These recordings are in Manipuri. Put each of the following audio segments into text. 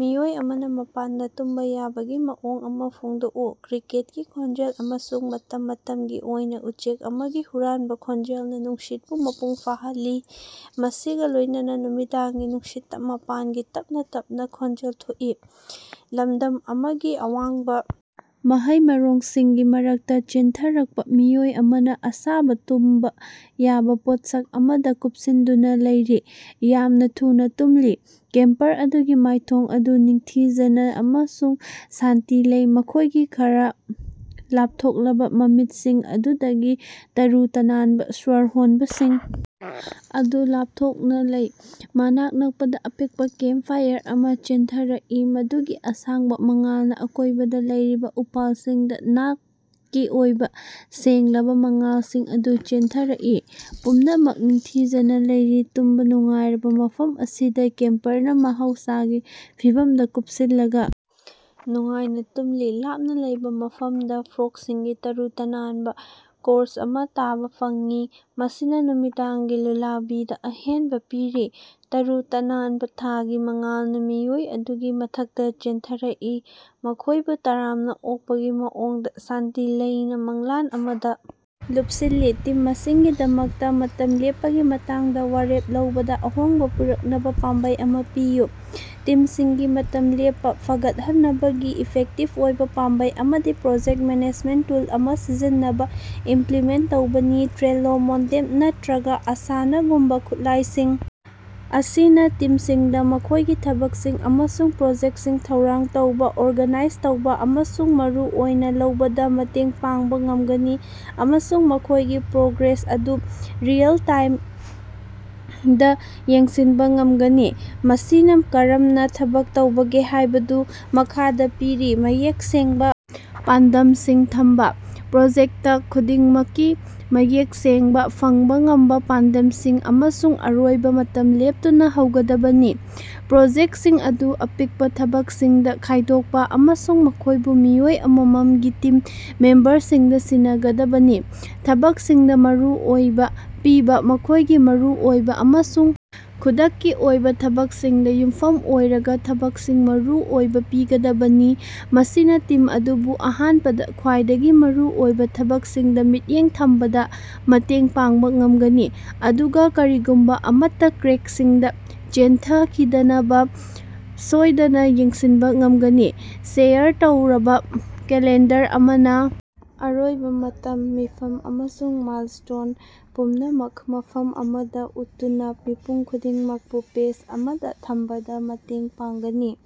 ꯃꯤꯑꯣꯏ ꯑꯃꯅꯥ ꯃꯄꯥꯟꯗꯥ ꯇꯨꯝꯕꯥ ꯌꯥꯕꯒꯤ ꯃꯑꯣꯡ ꯑꯃꯥ ꯐꯣꯡꯗꯣꯛꯎ꯫ ꯀ꯭ꯔꯤꯀꯦꯠꯀꯤ ꯈꯣꯟꯖꯦꯜ ꯑꯃꯁꯨꯡ ꯃꯇꯝ ꯃꯇꯝꯒꯤ ꯑꯣꯏꯅꯥ ꯎꯆꯦꯛ ꯑꯃꯒꯤ ꯍꯨꯔꯥꯟꯕꯥ ꯈꯣꯟꯖꯦꯜꯅꯥ ꯅꯨꯡꯁꯤꯠꯄꯨ ꯃꯄꯨꯡ ꯐꯥꯍꯜꯂꯤ, ꯃꯁꯤꯒꯥ ꯂꯣꯏꯅꯅꯥ ꯅꯨꯃꯤꯗꯥꯡꯒꯤ ꯅꯨꯡꯁꯤꯠꯇꯥ ꯃꯄꯥꯟꯒꯤ ꯇꯞꯅꯥ ꯇꯞꯅꯥ ꯈꯣꯟꯖꯦꯜ ꯊꯣꯛꯏ꯫ ꯂꯝꯗꯝ ꯑꯃꯒꯤ ꯑꯋꯥꯡꯕꯥ ꯃꯍꯩ ꯃꯔꯣꯡꯁꯤꯡꯒꯤ ꯃꯔꯛꯇꯥ ꯆꯦꯟꯊꯔꯛꯄꯥ ꯃꯤꯑꯣꯏ ꯑꯃꯅꯥ ꯑꯁꯥꯕꯥ ꯇꯨꯝꯕꯥ ꯌꯥꯕꯥ ꯄꯣꯠꯁꯛ ꯑꯃꯗꯥ ꯀꯨꯞꯁꯤꯟꯗꯨꯅꯥ ꯂꯩꯔꯤ, ꯌꯥꯝꯅꯥ ꯊꯨꯅꯥ ꯇꯨꯝꯂꯤ꯫ ꯀꯦꯝꯄꯔ ꯑꯗꯨꯒꯤ ꯃꯥꯏꯊꯣꯡ ꯑꯗꯨ ꯅꯤꯡꯊꯤꯖꯅꯥ ꯑꯃꯁꯨꯡ ꯁꯥꯟꯇꯤ ꯂꯩ, ꯃꯈꯣꯏꯒꯤ ꯈꯔꯥ ꯂꯥꯞꯊꯣꯛꯂꯕꯥ ꯃꯃꯤꯠꯁꯤꯡ ꯑꯗꯨꯗꯒꯤ ꯇꯔꯨ ꯇꯅꯥꯟꯕꯥ ꯁ꯭ꯋꯔ ꯍꯣꯟꯕꯁꯤꯡ ꯑꯗꯨ ꯂꯥꯞꯊꯣꯛꯅꯥ ꯂꯩ꯫ ꯃꯅꯥꯛ ꯅꯛꯄꯗꯥ ꯑꯄꯤꯛꯄꯥ ꯀꯦꯝꯄ ꯐꯥꯏꯔ ꯑꯃ ꯆꯦꯟꯊꯔꯛꯏ, ꯃꯗꯨꯒꯤ ꯑꯁꯥꯡꯕꯥ ꯃꯉꯥꯜꯅꯥ ꯑꯀꯣꯏꯕꯗꯥ ꯂꯩꯔꯤꯕꯥ ꯎꯄꯥꯜꯁꯤꯡꯗꯥ ꯅꯥꯠꯀꯤ ꯑꯣꯏꯕꯥ ꯁꯦꯡꯂꯕꯥ ꯃꯉꯥꯜꯁꯤꯡ ꯑꯗꯨ ꯆꯦꯟꯊꯔꯛꯏ꯫ ꯄꯨꯝꯅꯃꯛ ꯅꯤꯡꯊꯤꯖꯅꯥ ꯂꯩꯔꯤ ꯇꯨꯝꯕꯥ ꯅꯨꯡꯉꯥꯏꯔꯕꯥ ꯃꯐꯝ ꯑꯁꯤꯗꯥ, ꯀꯦꯝꯄꯔꯅꯥ ꯃꯍꯧꯁꯥꯒꯤ ꯐꯤꯚꯝꯗꯥ ꯀꯨꯞꯁꯤꯜꯂꯒꯥ ꯅꯨꯡꯉꯥꯏꯅ ꯇꯨꯝꯂꯤ꯫ ꯂꯥꯞꯅꯥ ꯂꯩꯕꯥ ꯃꯐꯝꯗꯥ ꯐ꯭ꯔꯣꯛꯁꯤꯡꯒꯤ ꯇꯔꯨ ꯇꯅꯥꯟꯕꯥ ꯀꯣꯔꯁ ꯑꯃꯥ ꯇꯥꯕꯥ ꯐꯪꯏ, ꯃꯁꯤꯅꯥ ꯅꯨꯃꯤꯗꯥꯡꯒꯤ ꯂꯨꯂꯥꯕꯤꯗꯥ ꯑꯍꯦꯟꯕꯥ ꯄꯤꯔꯤ꯫ ꯇꯔꯨ ꯇꯅꯥꯟꯕꯥ ꯊꯥꯒꯤ ꯃꯉꯥꯜꯅꯥ ꯃꯤꯑꯣꯏ ꯑꯗꯨꯒꯤ ꯃꯊꯛꯇꯥ ꯆꯦꯟꯊꯔꯛꯏ, ꯃꯈꯣꯏꯕꯨ ꯇꯔꯥꯝꯅꯥ ꯑꯣꯛꯄꯒꯤ ꯃꯑꯣꯡꯗꯥ ꯁꯥꯟꯇꯤ ꯂꯩꯅꯥ ꯃꯪꯂꯥꯟ ꯑꯃꯗꯥ ꯂꯨꯞꯁꯤꯜꯂꯤ꯫ ꯇꯤꯝ ꯃꯁꯤꯡꯒꯤꯗꯃꯛꯇꯥ ꯃꯇꯝ ꯂꯦꯞꯄꯒꯤ ꯃꯇꯥꯡꯗꯥ ꯋꯥꯔꯦꯞ ꯂꯧꯕꯗꯥ ꯑꯍꯣꯡꯕꯥ ꯄꯨꯔꯛꯅꯕꯥ ꯄꯥꯝꯕꯩ ꯑꯃꯥ ꯄꯤꯌꯨ꯫ ꯇꯤꯝꯁꯤꯡꯒꯤ ꯃꯇꯝ ꯂꯦꯞꯄꯥ ꯐꯒꯠꯍꯟꯅꯕꯒꯤ ꯏꯐꯦꯛꯇꯤꯞ ꯑꯣꯏꯕꯥ ꯄꯥꯝꯕꯩ ꯑꯃꯗꯤ ꯄ꯭ꯔꯣꯖꯦꯛ ꯃꯦꯅꯦꯖꯃꯦꯟ ꯇꯨꯜ ꯑꯃꯥ ꯁꯤꯖꯤꯟꯅꯕꯥ ꯏꯝꯄ꯭ꯂꯤꯃꯦꯟ ꯇꯧꯕꯅꯤ꯫ ꯇ꯭ꯔꯦꯂꯣ, ꯃꯣꯟꯗꯦꯝ ꯅꯠꯇ꯭ꯔꯒꯥ ꯑꯁꯥꯅꯥꯒꯨꯝꯕꯥ ꯈꯨꯠꯂꯥꯏꯁꯤꯡ ꯑꯁꯤꯅꯥ ꯇꯤꯝꯁꯤꯡꯗꯥ ꯃꯈꯣꯏꯒꯤ ꯊꯕꯛꯁꯤꯡ ꯑꯃꯁꯨꯡ ꯄ꯭ꯔꯣꯖꯦꯛꯁꯤꯡ ꯊꯧꯔꯥꯡ ꯇꯧꯕꯥ, ꯑꯣꯔꯒꯅꯥꯏꯖ ꯇꯧꯕꯥ ꯑꯃꯁꯨꯡ ꯃꯔꯨ ꯑꯣꯏꯅꯥ ꯂꯧꯕꯗꯥ ꯃꯇꯦꯡ ꯄꯥꯡꯕꯥ ꯉꯝꯒꯅꯤ ꯑꯃꯁꯨꯡ ꯃꯈꯣꯏꯒꯤ ꯄ꯭ꯔꯣꯒ꯭ꯔꯦꯁ ꯑꯗꯨ ꯔꯤꯑꯦꯜ-ꯇꯥꯏꯝꯗꯥ ꯌꯦꯡꯁꯤꯟꯕꯥ ꯉꯝꯒꯅꯤ꯫ ꯃꯁꯤꯅꯥ ꯀꯔꯝꯅꯥ ꯊꯕꯛ ꯇꯧꯕꯒꯦ ꯍꯥꯏꯕꯗꯨ ꯃꯈꯥꯗꯥ ꯄꯤꯔꯤ, ꯃꯌꯦꯛ ꯁꯦꯡꯕꯥ ꯄꯥꯟꯗꯝꯁꯤꯡ ꯊꯝꯕꯥ: ꯄ꯭ꯔꯣꯖꯦꯛꯇ ꯈꯨꯗꯤꯡꯃꯛꯀꯤ ꯃꯌꯦꯛ ꯁꯦꯡꯕꯥ, ꯐꯪꯕꯥ ꯉꯝꯕꯥ ꯄꯥꯟꯗꯝꯁꯤꯡ ꯑꯃꯁꯨꯡ ꯑꯔꯣꯏꯕꯥ ꯃꯇꯝ ꯂꯦꯞꯇꯨꯅꯥ ꯍꯧꯒꯗꯕꯅꯤ꯫ ꯄ꯭ꯔꯣꯖꯦꯛꯁꯤꯡ ꯑꯗꯨ ꯑꯄꯤꯛꯄꯥ ꯊꯕꯛꯁꯤꯡꯗꯥ ꯈꯥꯏꯗꯣꯛꯄꯥ ꯑꯃꯁꯨꯡ ꯃꯈꯣꯏꯕꯨ ꯃꯤꯑꯣꯏ ꯑꯃꯃꯝꯒꯤ ꯇꯤꯝ ꯃꯦꯝꯕꯔꯁꯤꯡꯗꯥ ꯁꯤꯟꯅꯒꯗꯕꯅꯤ꯫ ꯊꯕꯛꯁꯤꯡꯗꯥ ꯃꯔꯨ ꯑꯣꯏꯕꯥ ꯄꯤꯕꯥ: ꯃꯈꯣꯏꯒꯤ ꯃꯔꯨꯑꯣꯏꯕꯥ ꯑꯃꯁꯨꯡ ꯈꯨꯗꯛꯀꯤ ꯑꯣꯏꯕꯥ ꯊꯕꯛꯁꯤꯡꯗꯥ ꯌꯨꯝꯐꯝ ꯑꯣꯏꯔꯒꯥ ꯊꯕꯛꯁꯤꯡ ꯃꯔꯨ ꯑꯣꯏꯕꯥ ꯄꯤꯒꯗꯕꯅꯤ꯫ ꯃꯁꯤꯅꯥ ꯇꯤꯝ ꯑꯗꯨꯕꯨ ꯑꯍꯥꯟꯕꯗꯥ ꯈ꯭ꯋꯥꯏꯗꯒꯤ ꯃꯔꯨꯑꯣꯏꯕꯥ ꯊꯕꯛꯁꯤꯡꯗꯥ ꯃꯤꯠꯌꯦꯡ ꯊꯝꯕꯗꯥ ꯃꯇꯦꯡ ꯄꯥꯡꯕꯥ ꯉꯝꯒꯅꯤ, ꯑꯗꯨꯒꯥ ꯀꯔꯤꯒꯨꯝꯕꯥ ꯑꯃꯠꯇꯥ ꯀ꯭ꯔꯦꯛꯁꯤꯡꯗꯥ ꯆꯦꯟꯊꯈꯤꯗꯅꯕꯥ ꯁꯣꯏꯗꯅꯥ ꯌꯦꯡꯁꯤꯟꯕꯥ ꯉꯝꯒꯅꯤ꯫ ꯁꯦꯌꯥꯔ ꯇꯧꯔꯕꯥ ꯀꯦꯂꯦꯟꯗꯔ ꯑꯃꯅꯥ ꯑꯔꯣꯏꯕꯥ ꯃꯇꯝ, ꯃꯤꯐꯝ ꯑꯃꯁꯨꯡ ꯃꯥꯏꯜꯁ꯭ꯇꯣꯟ ꯄꯨꯝꯅꯃꯛ ꯃꯐꯝ ꯑꯃꯗꯥ ꯎꯠꯇꯨꯅꯥ ꯃꯤꯄꯨꯝ ꯈꯨꯗꯤꯡꯃꯛꯄꯨ ꯄꯦꯖ ꯑꯃꯗꯥ ꯊꯝꯕꯗꯥ ꯃꯇꯦꯡ ꯄꯥꯡꯒꯅꯤ꯫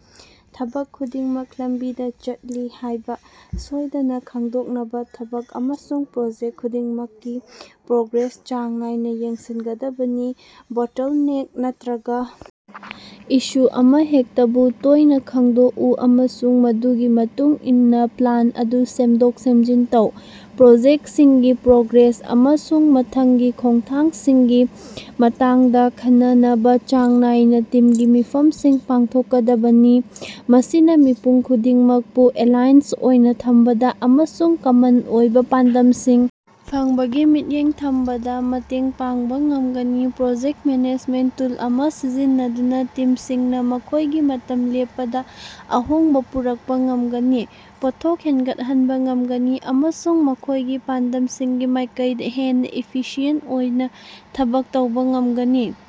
ꯊꯕꯛ ꯈꯨꯗꯤꯡꯃꯛ ꯂꯝꯕꯤꯗꯥ ꯆꯠꯂꯤ ꯍꯥꯏꯕꯥ ꯁꯣꯏꯗꯅꯥ ꯈꯪꯗꯣꯛꯅꯕꯥ ꯊꯕꯛ ꯑꯃꯁꯨꯡ ꯄ꯭ꯔꯣꯖꯦꯛ ꯈꯨꯗꯤꯡꯃꯛꯀꯤ ꯄ꯭ꯔꯣꯒ꯭ꯔꯦꯁ ꯆꯥꯡ ꯅꯥꯏꯅꯥ ꯌꯦꯡꯁꯤꯟꯒꯗꯕꯅꯤ꯫ ꯕꯣꯇꯜꯅꯦꯛ ꯅꯠꯇ꯭ꯔꯒꯥ ꯏꯁꯨ ꯑꯃꯍꯦꯛꯇꯕꯨ ꯇꯣꯏꯅꯥ ꯈꯪꯗꯣꯛꯎ ꯑꯃꯁꯨꯡ ꯃꯗꯨꯒꯤ ꯃꯇꯨꯡꯏꯟꯅꯥ ꯄ꯭ꯂꯥꯟ ꯑꯗꯨ ꯁꯦꯝꯗꯣꯛ-ꯁꯦꯝꯖꯤꯟ ꯇꯧ꯫ ꯄ꯭ꯔꯣꯖꯦꯛꯁꯤꯡꯒꯤ ꯄ꯭ꯔꯣꯒ꯭ꯔꯦꯁ ꯑꯃꯁꯨꯡ ꯃꯊꯪꯒꯤ ꯈꯣꯡꯊꯥꯡꯁꯤꯡꯒꯤ ꯃꯇꯥꯡꯗꯥ ꯈꯟꯅꯅꯕꯥ ꯆꯥꯡ ꯅꯥꯏꯅꯥ ꯇꯤꯝꯒꯤ ꯃꯤꯐꯝꯁꯤꯡ ꯄꯥꯡꯊꯣꯛꯀꯗꯕꯅꯤ꯫ ꯃꯁꯤꯅꯥ ꯃꯤꯄꯨꯝ ꯈꯨꯗꯤꯡꯃꯛꯄꯨ ꯑꯦꯂꯥꯏꯟꯁ ꯑꯣꯏꯅꯥ ꯊꯝꯕꯗꯥ ꯑꯃꯁꯨꯡ ꯀꯃꯟ ꯑꯣꯏꯕꯥ ꯄꯥꯟꯗꯝꯁꯤꯡ ꯐꯪꯕꯒꯤ ꯃꯤꯠꯌꯦꯡ ꯊꯝꯕꯗꯥ ꯃꯇꯦꯡ ꯄꯥꯡꯕꯥ ꯉꯝꯒꯅꯤ꯫ ꯄ꯭ꯔꯣꯖꯦꯛꯇ ꯃꯦꯅꯦꯖꯃꯦꯟꯇ ꯇꯨꯜ ꯑꯃꯥ ꯁꯤꯖꯤꯟꯅꯗꯨꯅꯥ ꯇꯤꯝꯁꯤꯡꯅꯥ ꯃꯈꯣꯏꯒꯤ ꯃꯇꯝ ꯂꯦꯞꯄꯗꯥ ꯑꯍꯣꯡꯕꯥ ꯄꯨꯔꯛꯄꯥ ꯉꯝꯒꯅꯤ, ꯄꯣꯠꯊꯣꯛ ꯍꯦꯟꯒꯠꯍꯟꯕꯥ ꯉꯝꯒꯅꯤ ꯑꯃꯁꯨꯡ ꯃꯈꯣꯏꯒꯤ ꯄꯥꯟꯗꯝꯁꯤꯡꯒꯤ ꯃꯥꯏꯀꯩꯗꯥ ꯍꯦꯟꯅꯥ ꯏꯐꯤꯁꯤꯌꯦꯟ ꯑꯣꯏꯅꯥ ꯊꯕꯛ ꯇꯧꯕꯥ ꯉꯝꯒꯅꯤ꯫